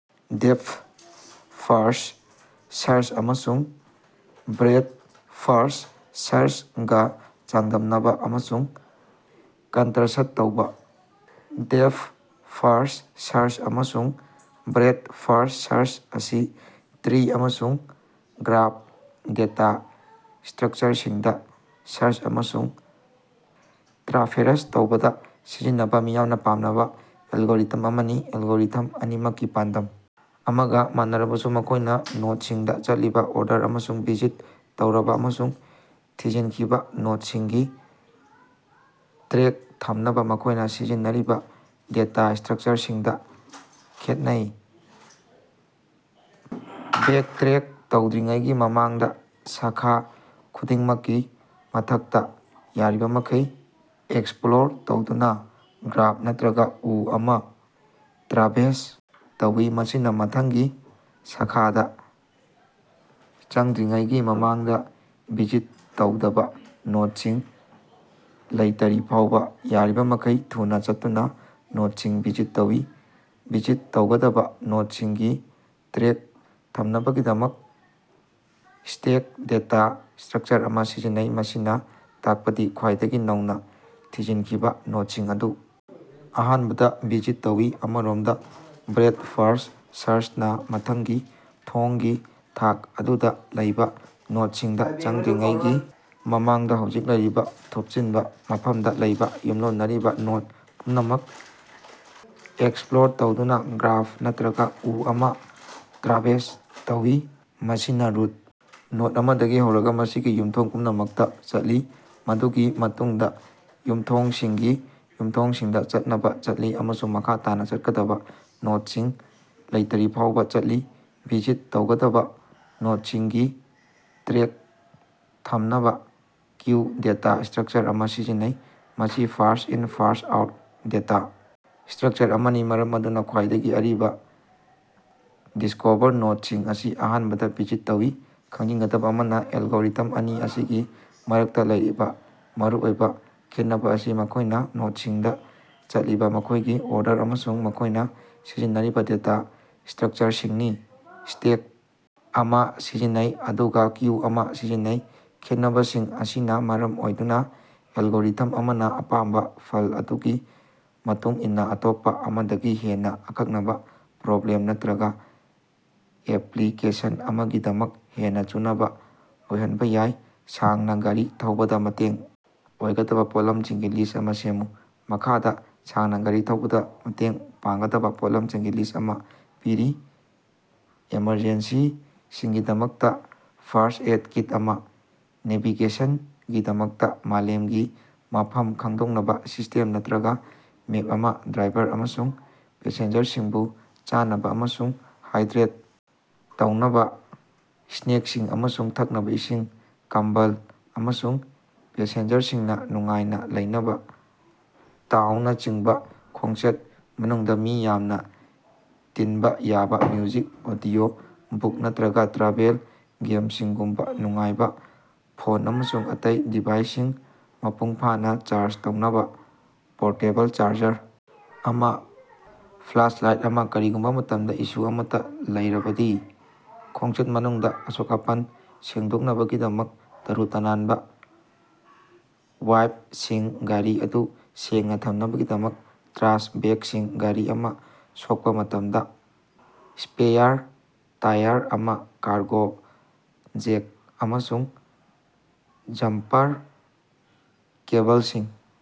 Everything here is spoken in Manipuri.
ꯗꯦꯄꯊ-ꯐꯥꯔꯁ꯭ꯠ ꯁꯔꯆ ꯑꯃꯁꯨꯡ ꯕ꯭ꯔꯦꯗ-ꯐꯥꯔꯁ꯭ꯠ ꯁꯔꯆ ꯒ ꯆꯥꯡꯗꯝꯅꯕ ꯑꯃꯁꯨꯡ ꯀꯟꯇꯔꯁ꯭ꯠ ꯇꯧꯕ꯫ ꯗꯦꯄꯊ-ꯐꯥꯔꯁ꯭ꯠ ꯁꯥꯔꯆ ꯑꯃꯁꯨꯡ ꯕ꯭ꯔꯦꯗ-ꯐꯥꯔꯁ꯭ꯠ ꯁꯔꯆ ꯑꯁꯤ ꯇ꯭ꯔꯤ ꯑꯃꯁꯨꯡ ꯒ꯭ꯔꯥꯐ ꯗꯦꯇ ꯁ꯭ꯠꯔꯀꯆꯔꯁꯤꯡꯗ ꯁꯥꯔꯆ ꯑꯃꯁꯨꯡ ꯇ꯭ꯔꯥꯚꯦꯔꯁ ꯇꯧꯕꯗ ꯁꯤꯖꯤꯟꯅꯕ ꯃꯤꯌꯥꯝꯅ ꯄꯥꯝꯅꯕ ꯑꯦꯂꯒꯣꯔꯤꯊꯝ ꯑꯅꯤꯅꯤ꯫ ꯑꯦꯂꯒꯣꯔꯤꯊꯝ ꯑꯅꯤꯃꯛꯀꯤ ꯄꯥꯟꯗꯝ ꯑꯃꯒ ꯃꯥꯟꯅꯔꯕꯁꯨ ꯃꯈꯣꯏꯅ ꯅꯣꯗꯁꯤꯡꯗ ꯆꯠꯂꯤꯕ ꯑꯣꯔꯗꯔ ꯑꯃꯁꯨꯡ ꯚꯤꯖꯤꯠ ꯇꯧꯔꯕ ꯑꯃꯁꯨꯡ ꯊꯤꯖꯤꯅꯈꯤꯕ ꯅꯣꯗꯁꯤꯡꯒꯤ ꯇ꯭ꯔꯦꯛ ꯊꯝꯅꯕ ꯃꯈꯣꯏꯅ ꯁꯤꯖꯤꯟꯅꯔꯤꯕ ꯗꯦꯇ ꯁ꯭ꯠꯔꯀꯆꯔꯁꯤꯡꯗ ꯈꯦꯠꯅꯩ꯫ ꯕꯦꯛꯇꯔꯦꯛ ꯇꯧꯗ꯭ꯔꯤꯉꯩꯒꯤ ꯃꯃꯥꯡꯗ ꯁꯥꯈꯥ ꯈꯨꯗꯤꯡꯃꯛꯀꯤ ꯃꯊꯛꯇ ꯌꯥꯔꯤꯕꯃꯈꯩ ꯑꯦꯛꯁꯞꯂꯣꯔ ꯇꯧꯗꯨꯅ ꯒ꯭ꯔꯥꯐ ꯅꯠꯇꯔꯒ ꯎ ꯑꯃ ꯇ꯭ꯔꯥꯚꯦꯁ ꯇꯧꯏ꯫ ꯃꯁꯤꯅ ꯃꯊꯪꯒꯤ ꯁꯥꯈꯗ ꯆꯪꯗ꯭ꯔꯤꯉꯩꯒꯤ ꯃꯃꯥꯡꯗ ꯚꯤꯖꯤꯠ ꯇꯧꯗꯕ ꯅꯣꯗꯁꯤꯡ ꯂꯩꯇꯔꯤꯐꯥꯎꯕ ꯌꯥꯔꯤꯕꯃꯈꯩ ꯊꯨꯅ ꯆꯠꯇꯨꯅ ꯅꯣꯗꯁꯤꯡꯗ ꯚꯤꯖꯤꯠ ꯇꯧꯏ꯫ ꯚꯤꯖꯤꯠ ꯇꯧꯒꯗꯕ ꯅꯣꯗꯁꯤꯡꯒꯤ ꯇ꯭ꯔꯦꯛ ꯊꯝꯅꯕꯒꯤꯗꯃꯛ ꯁ꯭ꯇꯦꯛ ꯗꯦꯇꯥ ꯁ꯭ꯠꯔꯛꯆꯔ ꯑꯃ ꯁꯤꯖꯤꯟꯅꯩ꯫ ꯃꯁꯤꯅ ꯇꯥꯛꯄꯗꯤ ꯈ꯭ꯋꯥꯏꯗꯒꯤ ꯅꯧꯅ ꯊꯤꯖꯤꯟꯈꯤꯕ ꯅꯣꯗꯁꯤꯡ ꯑꯗꯨ ꯑꯍꯥꯟꯕꯗ ꯚꯤꯖꯤꯠ ꯇꯧꯏ꯫ ꯑꯃꯔꯣꯝꯗ ꯕ꯭ꯔꯦꯗ-ꯐꯥꯔꯁ꯭ꯠ ꯁꯔꯆ ꯅꯥ ꯃꯊꯪꯒꯤ ꯊꯣꯡꯒꯤ ꯊꯥꯛ ꯑꯗꯨꯗ ꯂꯩꯕꯥ ꯅꯣꯗꯁꯤꯡꯗ ꯆꯪꯗ꯭ꯔꯤꯉꯩꯒꯤ ꯃꯃꯥꯡꯗ ꯍꯧꯖꯤꯛ ꯂꯩꯔꯤꯕ ꯊꯨꯞꯆꯤꯟꯕ ꯃꯐꯝꯗ ꯂꯩꯕ ꯌꯨꯝꯂꯣꯟꯅꯔꯤꯕ ꯅꯣꯗ ꯄꯨꯝꯅꯃꯛ ꯑꯦꯛꯁꯄꯂꯣꯔ ꯇꯧꯗꯨꯅ ꯒ꯭ꯔꯥꯐ ꯅꯠꯇꯔꯒ ꯎ ꯑꯃ ꯇ꯭ꯔꯥꯚꯦꯁ ꯇꯧꯏ꯫ ꯃꯁꯤꯅ ꯔꯨꯠ ꯅꯣꯗ ꯑꯃꯗꯒꯤ ꯍꯧꯔꯒ ꯃꯁꯤꯒꯤ ꯌꯨꯝꯊꯣꯡ ꯄꯨꯝꯅꯃꯛꯇ ꯆꯠꯂꯤ꯫ꯃꯗꯨꯒꯤ ꯃꯇꯨꯡꯗ ꯌꯨꯝꯊꯣꯡꯁꯤꯡꯒꯤ ꯌꯨꯝꯊꯣꯡꯁꯤꯡꯗ ꯆꯠꯅꯕ ꯆꯠꯂꯤ ꯑꯃꯁꯨꯡ ꯃꯈꯥ ꯇꯥꯅ ꯆꯠꯀꯗꯕ ꯅꯣꯗꯁꯤꯡ ꯂꯩꯇꯔꯤꯐꯥꯎꯕ ꯆꯠꯂꯤ꯫ ꯚꯤꯖꯤꯠ ꯇꯧꯒꯗꯕ ꯅꯣꯗꯁꯤꯡꯒꯤ ꯇ꯭ꯔꯦꯛ ꯊꯝꯅꯕ ꯀ꯭ꯌꯨ ꯗꯦꯇ ꯁ꯭ꯠꯔꯀꯆꯔ ꯑꯃ ꯁꯤꯖꯤꯟꯅꯩ꯫ ꯃꯁꯤ ꯐꯥꯔꯁ꯭ꯠ-ꯏꯟ ꯐꯥꯔꯁ꯭ꯠ-ꯑꯥꯎꯠ ꯗꯦꯇꯥ ꯁ꯭ꯠꯔꯀꯆꯔ ꯑꯃꯅꯤ ꯃꯔꯝ ꯑꯗꯨꯅ ꯈ꯭ꯋꯥꯏꯗꯒꯤ ꯑꯔꯤꯕꯥ ꯗꯤꯁ꯭ꯀꯣꯚꯔ ꯅꯣꯗꯁꯤꯡ ꯑꯁꯤ ꯑꯍꯥꯟꯕꯗ ꯚꯤꯖꯤꯠ ꯇꯧꯏ꯫ ꯈꯪꯖꯤꯟꯒꯗꯕ ꯑꯃꯅ ꯑꯦꯂꯒꯣꯔꯤꯊꯝ ꯑꯅꯤ ꯑꯁꯤꯒꯤ ꯃꯔꯛꯇ ꯂꯩꯔꯤꯕ ꯃꯔꯨꯑꯣꯏꯕ ꯈꯦꯠꯅꯕ ꯑꯁꯤ ꯃꯈꯣꯏꯅ ꯅꯣꯗꯁꯤꯡꯗ ꯆꯠꯂꯤꯕ ꯃꯈꯣꯏꯒꯤ ꯑꯣꯔꯗꯔ ꯑꯃꯁꯨꯡ ꯃꯈꯣꯏꯅ ꯁꯤꯖꯤꯟꯅꯔꯤꯕ ꯗꯦꯇ ꯁ꯭ꯠꯔꯀꯆꯔꯁꯤꯡꯅꯤ꯫ ꯁ꯭ꯇꯦꯛ ꯑꯃ ꯁꯤꯖꯤꯟꯅꯩ ꯑꯗꯨꯒ ꯀ꯭ꯌꯨ ꯑꯃ ꯁꯤꯖꯤꯟꯅꯩ꯫ ꯈꯦꯠꯅꯕꯁꯤꯡ ꯑꯁꯤꯅ ꯃꯔꯝ ꯑꯣꯏꯗꯨꯅ ꯑꯦꯂꯒꯣꯔꯤꯊꯝ ꯑꯃꯅ ꯑꯄꯥꯝꯕ ꯐꯜ ꯑꯗꯨꯒꯤ ꯃꯇꯨꯡ ꯏꯟꯅ ꯑꯇꯣꯞꯄ ꯑꯃꯗꯒꯤ ꯍꯦꯟꯅ ꯑꯀꯛꯅꯕ ꯄ꯭ꯔꯣꯕ꯭ꯂꯦꯝ ꯅꯠꯇꯔꯒ ꯑꯦꯞꯂꯤꯀꯦꯁꯟ ꯑꯃꯒꯤꯗꯃꯛ ꯍꯦꯟꯅ ꯆꯨꯅꯕ ꯑꯣꯏꯍꯟꯕ ꯌꯥꯏ꯫ ꯁꯥꯡꯅ ꯒꯥꯔꯤ ꯊꯧꯕꯗ ꯃꯇꯦꯡ ꯑꯣꯏꯒꯗꯕ ꯄꯣꯠꯂꯝꯁꯤꯡꯒꯤ ꯂꯤꯁ꯭ꯠ ꯑꯃ ꯁꯦꯝꯃꯨ꯫ ꯃꯈꯥꯗ ꯁꯥꯡꯅ ꯒꯥꯔꯤ ꯊꯧꯕꯗ ꯃꯇꯦꯡ ꯄꯥꯡꯒꯗꯕ ꯄꯣꯠꯂꯝꯁꯤꯡꯒꯤ ꯂꯤꯁ꯭ꯠ ꯑꯃ ꯄꯤꯔꯤ ꯑꯦꯃꯔꯖꯦꯟꯁꯤꯁꯤꯡꯒꯤꯗꯃꯛꯇ ꯐꯥꯔꯁ꯭ꯠ ꯑꯦꯏꯗ ꯀꯤꯠ ꯑꯃ ꯅꯦꯚꯤꯒꯦꯁꯟꯒꯤꯗꯃꯛꯇ ꯃꯥꯂꯦꯝꯒꯤ ꯃꯐꯝ-ꯈꯪꯗꯣꯛꯅꯕ ꯁꯤꯁ꯭ꯇꯦꯝ ꯅꯠꯇꯔꯒ ꯃꯦꯞ ꯑꯃ ꯗ꯭ꯔꯥꯏꯚꯔ ꯑꯃꯁꯨꯡ ꯄꯦꯁꯦꯟꯖꯔꯁꯤꯡꯕꯨ ꯆꯥꯅꯕ ꯑꯃꯁꯨꯡ ꯍꯥꯏꯗ꯭ꯔꯦꯠ ꯇꯧꯅꯕ ꯁ꯭ꯅꯦꯀꯁꯤꯡ ꯑꯃꯁꯨꯡ ꯊꯛꯅꯕ ꯏꯁꯤꯡ ꯀꯝꯕꯜ ꯑꯃꯁꯨꯡꯄꯦꯁꯦꯟꯖꯔꯁꯤꯡꯅ ꯅꯨꯡꯉꯥꯏꯅ ꯂꯩꯅꯕ ꯇꯥꯎꯅꯁꯤꯡ ꯈꯣꯡꯆꯠ ꯃꯅꯨꯡꯗ ꯃꯤ ꯌꯥꯝꯅ ꯇꯤꯟꯕ ꯌꯥꯕ ꯃ꯭ꯌꯨꯖꯤꯛ, ꯑꯣꯗꯤꯑꯣ ꯕꯨꯛ ꯅꯠꯇꯔꯒ ꯇ꯭ꯔꯥꯚꯦꯜ ꯒꯦꯝꯁꯤꯡꯒꯨꯝꯕ ꯅꯨꯡꯉꯥꯏꯕ ꯐꯣꯟ ꯑꯃꯁꯨꯡ ꯑꯇꯩ ꯗꯤꯚꯥꯏꯁꯁꯤꯡ ꯃꯄꯨꯡ ꯐꯥꯅ ꯆꯥꯔꯖ ꯇꯧꯅꯕ ꯄꯣꯔꯇꯦꯕꯜ ꯆꯥꯔꯖꯔ ꯑꯃ ꯐ꯭ꯂꯥꯁꯂꯥꯏꯠ ꯑꯃ ꯀꯔꯤꯒꯨꯝꯕ ꯃꯇꯝꯗ ꯏꯁꯨ ꯑꯃꯠꯇ ꯂꯩꯔꯕꯗꯤ꯫ ꯈꯣꯡꯆꯠ ꯃꯅꯨꯡꯗ ꯑꯁꯣꯛ-ꯑꯄꯟ ꯁꯦꯡꯗꯣꯛꯅꯕꯒꯤꯗꯃꯛ ꯇꯔꯨ-ꯇꯅꯥꯟꯕ ꯋꯥꯏꯄꯁꯤꯡ ꯒꯥꯔꯤ ꯑꯗꯨ ꯁꯦꯡꯅ ꯊꯝꯅꯕꯒꯤꯗꯃꯛ ꯇ꯭ꯔꯥꯁ ꯕꯦꯒꯁꯤꯡ ꯒꯥꯔꯤ ꯑꯃ ꯁꯣꯛꯄ ꯃꯇꯝꯗ ꯁ꯭ꯄꯦꯌꯥꯔ ꯇꯌꯥꯔ ꯑꯃ ꯀꯥꯔꯒꯣ ꯖꯦꯛ ꯑꯃꯁꯨꯡ ꯖꯝꯄꯥꯔ ꯀꯦꯕꯂꯁꯤꯡ꯫